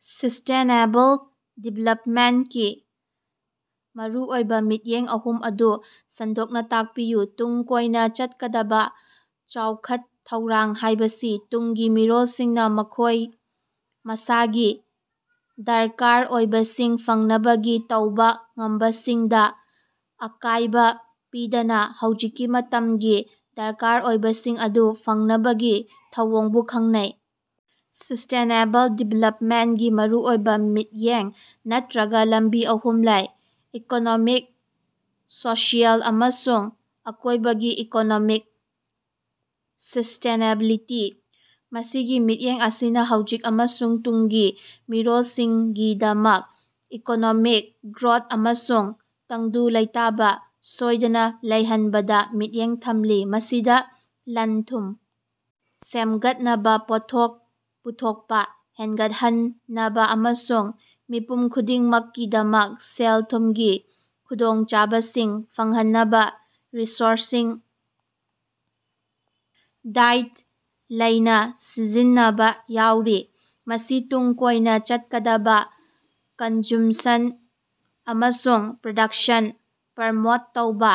Sustainable ꯗꯤꯕꯂꯞꯃꯦꯟꯒꯤ ꯃꯔꯨꯑꯣꯏꯕ ꯃꯤꯠꯌꯦꯡ ꯑꯍꯨꯝ ꯑꯗꯨ ꯁꯟꯗꯣꯛꯅ ꯇꯥꯛꯄꯤꯌꯨ꯫ ꯇꯨꯡ ꯀꯣꯏꯅ ꯆꯠꯀꯗꯕ ꯆꯥꯎꯈꯠ ꯊꯧꯔꯥꯡ ꯍꯥꯏꯕꯁꯤ ꯇꯨꯡꯒꯤ ꯃꯤꯔꯣꯜꯁꯤꯡꯅ ꯃꯈꯣꯏ ꯃꯁꯥꯒꯤ ꯗꯔꯀꯥꯔ ꯑꯣꯏꯕꯁꯤꯡ ꯐꯪꯅꯕꯒꯤ ꯇꯧꯕ ꯉꯝꯕꯁꯤꯡꯗ ꯑꯀꯥꯏꯕ ꯄꯤꯗꯅ ꯍꯧꯖꯤꯛꯀꯤ ꯃꯇꯝꯒꯤ ꯗꯔꯀꯥꯔ ꯑꯣꯏꯕꯁꯤꯡ ꯑꯗꯨ ꯐꯪꯅꯕꯒꯤ ꯊꯧꯑꯣꯡꯕꯨ ꯈꯪꯅꯩ꯫ ꯁꯤꯁꯇꯦꯅꯦꯕꯜ ꯗꯤꯕꯂꯞꯃꯦꯟꯒꯤ ꯃꯔꯨꯑꯣꯏꯕ ꯃꯤꯠꯌꯦꯡ ꯅꯠꯇꯔꯥꯒ ꯂꯝꯕꯤ ꯑꯍꯨꯝ ꯂꯩ꯫ ꯏꯀꯣꯅꯣꯃꯤꯛ ꯁꯣꯁꯤꯑꯦꯜ ꯑꯃꯁꯨꯡ ꯑꯀꯣꯏꯕꯒꯤ ꯏꯀꯣꯅꯣꯃꯤꯛ ꯁꯤꯁꯇꯦꯅꯦꯕꯤꯂꯤꯇꯤ ꯃꯁꯤꯒꯤ ꯃꯤꯠꯌꯦꯡ ꯑꯁꯤꯅ ꯍꯧꯖꯤꯛ ꯑꯃꯁꯨꯡ ꯇꯨꯡꯒꯤ ꯃꯤꯔꯣꯜꯁꯤꯡꯒꯤꯗꯃꯛ ꯏꯀꯣꯅꯣꯃꯤꯛ ꯒꯔꯣꯠ ꯑꯃꯁꯨꯡ ꯇꯪꯗꯨ ꯂꯩꯇꯥꯕ ꯁꯣꯏꯗꯅ ꯂꯩꯍꯟꯕꯗ ꯃꯤꯠꯌꯦꯡ ꯊꯝꯂꯤ꯫ ꯃꯁꯤꯗ ꯂꯟ ꯊꯨꯝ ꯁꯦꯝꯒꯠꯅꯕ ꯄꯣꯠꯊꯣꯛ ꯄꯨꯊꯣꯛꯄ ꯍꯦꯟꯒꯠꯍꯟꯅꯕ ꯑꯃꯁꯨꯡ ꯃꯤꯄꯨꯝ ꯈꯨꯗꯤꯡꯃꯛꯀꯤꯗꯃꯛ ꯁꯦꯜ ꯊꯨꯝꯒꯤ ꯈꯨꯗꯣꯡꯆꯥꯕꯁꯤꯡ ꯐꯪꯍꯟꯅꯕ ꯔꯤꯁꯣꯔꯁꯁꯤꯡ ꯗꯥꯏꯠ ꯂꯩꯅ ꯁꯤꯖꯤꯟꯅꯕ ꯌꯥꯎꯔꯤ꯫ ꯃꯁꯤ ꯇꯨꯡ ꯀꯣꯏꯅ ꯆꯠꯀꯗꯕ ꯀꯟꯖꯨꯝꯁꯟ ꯑꯃꯁꯨꯡ ꯄꯔꯗꯛꯁꯟ ꯄꯔꯃꯣꯠ ꯇꯧꯕ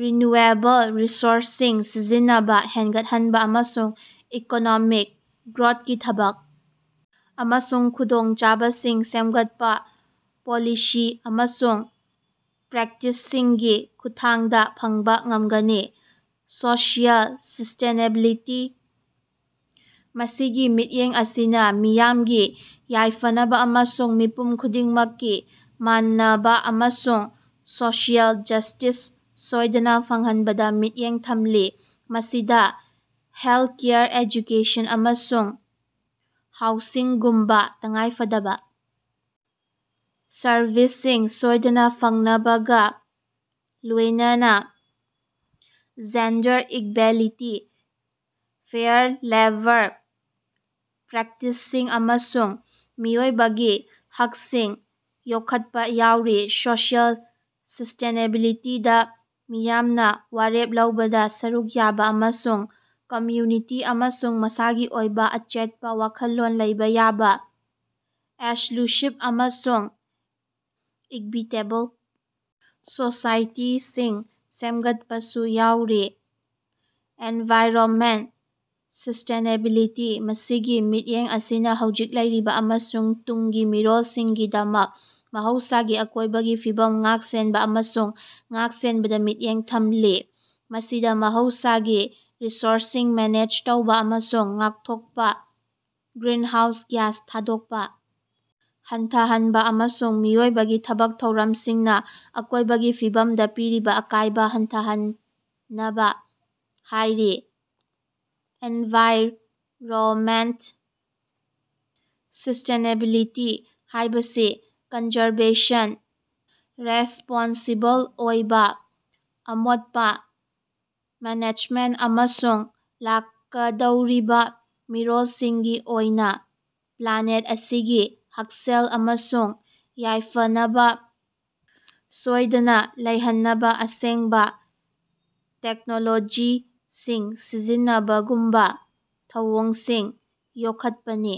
ꯔꯤꯟꯅꯨꯑꯦꯕꯜ ꯔꯤꯁꯣꯔꯁꯁꯤꯡ ꯁꯤꯖꯤꯟꯅꯕ ꯍꯦꯟꯒꯠꯍꯟꯕ ꯑꯃꯁꯨꯡ ꯏꯀꯣꯅꯣꯃꯤꯛ ꯒ꯭ꯔꯣꯠꯀꯤ ꯊꯕꯛ ꯑꯃꯁꯨꯡ ꯈꯨꯗꯣꯡꯆꯥꯕꯁꯤꯡ ꯁꯦꯝꯒꯠꯄ ꯄꯣꯂꯤꯁꯤ ꯑꯃꯁꯨꯡ ꯄ꯭ꯔꯦꯛꯇꯤꯁꯁꯤꯡꯒꯤ ꯈꯨꯠꯊꯥꯡꯗ ꯐꯪꯕ ꯉꯝꯒꯅꯤ꯫ ꯁꯣꯁꯤꯑꯦꯜ ꯁꯤꯁꯇꯦꯅꯦꯕꯤꯂꯤꯇꯤ ꯃꯁꯤꯒꯤ ꯃꯤꯠꯌꯦꯡ ꯑꯁꯤꯅ ꯃꯤꯌꯥꯝꯒꯤ ꯌꯥꯏꯐꯅꯕ ꯑꯃꯁꯨꯡ ꯃꯤꯄꯨꯝ ꯈꯨꯗꯤꯡꯃꯛꯀꯤ ꯃꯥꯟꯅꯕ ꯑꯃꯁꯨꯡ ꯁꯣꯁꯤꯑꯦꯜ ꯖꯁꯇꯤꯁ ꯁꯣꯏꯗꯅ ꯐꯪꯍꯟꯕꯗ ꯃꯤꯠꯌꯦꯡ ꯊꯝꯂꯤ꯫ ꯃꯁꯤꯗ ꯍꯦꯜꯀꯦꯌꯔ ꯑꯦꯖꯨꯀꯦꯁꯟ ꯑꯃꯁꯨꯡ ꯍꯥꯎꯁꯤꯡꯒꯨꯝꯕ ꯇꯉꯥꯏꯐꯗꯕ ꯁꯔꯚꯤꯁꯁꯤꯡ ꯁꯣꯏꯗꯅ ꯐꯪꯅꯕꯒ ꯂꯣꯌꯅꯅ ꯖꯦꯟꯗꯔ ꯏꯛꯕꯦꯂꯤꯇꯤ ꯐꯦꯌꯔ ꯂꯦꯕꯔ ꯄꯔꯦꯛꯇꯤꯁꯁꯤꯡ ꯑꯃꯁꯨꯡ ꯃꯤꯑꯣꯏꯕꯒꯤ ꯍꯛꯁꯤꯡ ꯌꯣꯛꯈꯠꯄ ꯌꯥꯎꯔꯤ꯫ ꯁꯣꯁꯤꯑꯦꯜ ꯁꯤꯁꯇꯦꯅꯦꯕꯤꯂꯤꯇꯤꯗ ꯃꯤꯌꯥꯝꯅ ꯋꯥꯔꯦꯞ ꯂꯧꯕꯗ ꯁꯔꯨꯛ ꯌꯥꯕ ꯑꯃꯁꯨꯡ ꯀꯝꯃꯨꯅꯤꯇꯤ ꯑꯃꯁꯨꯡ ꯃꯁꯥꯒꯤ ꯑꯣꯏꯕ ꯑꯆꯦꯠꯄ ꯋꯥꯈꯜꯂꯣꯟ ꯂꯩꯕ ꯌꯥꯕ ꯑꯦꯁꯂꯨꯁꯤꯕ ꯑꯃꯁꯨꯡ ꯏꯛꯕꯤꯇꯦꯕꯜ ꯁꯣꯁꯥꯏꯇꯤꯁꯤꯡ ꯁꯦꯝꯒꯠꯄꯁꯨ ꯌꯥꯎꯔꯤ꯫ ꯑꯦꯟꯚꯥꯏꯔꯣꯃꯦꯟ ꯁꯤꯁꯇꯦꯅꯦꯕꯤꯂꯤꯇꯤ ꯃꯁꯤꯒꯤ ꯃꯤꯠꯌꯦꯡ ꯑꯁꯤꯅ ꯍꯧꯖꯤꯛ ꯂꯩꯔꯤꯕ ꯑꯃꯁꯨꯡ ꯇꯨꯡꯒꯤ ꯃꯤꯔꯣꯜꯁꯤꯡꯒꯤꯗꯃꯛ ꯃꯍꯧꯁꯥꯒꯤ ꯑꯀꯣꯏꯕꯒꯤ ꯐꯤꯕꯝ ꯉꯥꯛ ꯁꯦꯟꯕ ꯑꯃꯁꯨꯡ ꯉꯥꯛ ꯁꯦꯟꯕꯗ ꯃꯤꯠꯌꯦꯡ ꯊꯝꯂꯤ꯫ ꯃꯁꯤꯗ ꯃꯍꯧꯁꯥꯒꯤ ꯔꯤꯁꯣꯔꯁꯁꯤꯡ ꯃꯦꯅꯦꯖ ꯇꯧꯕ ꯑꯃꯁꯨꯡ ꯉꯥꯛꯊꯣꯛꯄ ꯒ꯭ꯔꯤꯟꯍꯥꯎꯁ ꯒꯤꯌꯥꯁ ꯊꯥꯗꯣꯛꯄ ꯍꯟꯊꯍꯟꯕ ꯑꯃꯁꯨꯡ ꯃꯤꯑꯣꯏꯕꯒꯤ ꯊꯕꯛ ꯊꯧꯔꯝꯁꯤꯡꯅ ꯑꯀꯣꯏꯕꯒꯤ ꯐꯤꯕꯝꯗ ꯄꯤꯔꯤꯕ ꯑꯀꯥꯏꯕ ꯍꯟꯊꯍꯟꯅꯕ ꯍꯥꯏꯔꯤ꯫ ꯑꯦꯟꯚꯥꯏꯔꯣꯃꯦꯟ ꯁꯤꯁꯇꯦꯅꯦꯕꯤꯂꯤꯇꯤ ꯍꯥꯏꯕꯁꯤ ꯀꯟꯖꯔꯕꯦꯁꯟ ꯔꯦꯁꯄꯣꯟꯁꯤꯕꯜ ꯑꯣꯏꯕ ꯑꯃꯣꯠꯄ ꯃꯦꯅꯦꯖꯃꯦꯟ ꯑꯃꯁꯨꯡ ꯂꯥꯛꯀꯗꯧꯔꯤꯕ ꯃꯤꯔꯣꯜꯁꯤꯡꯒꯤ ꯑꯣꯏꯅ ꯄꯂꯥꯅꯦꯠ ꯑꯁꯤꯒꯤ ꯍꯛꯁꯦꯜ ꯑꯃꯁꯨꯡ ꯌꯥꯏꯐꯅꯕ ꯁꯁꯣꯏꯗꯅ ꯂꯩꯍꯟꯅꯕ ꯑꯁꯦꯡꯕ ꯇꯦꯛꯅꯣꯂꯣꯖꯤꯁꯤꯡ ꯁꯤꯖꯤꯟꯅꯕꯒꯨꯝꯕ ꯊꯧꯑꯣꯡꯁꯤꯡ ꯌꯣꯛꯈꯠꯄꯅꯤ꯫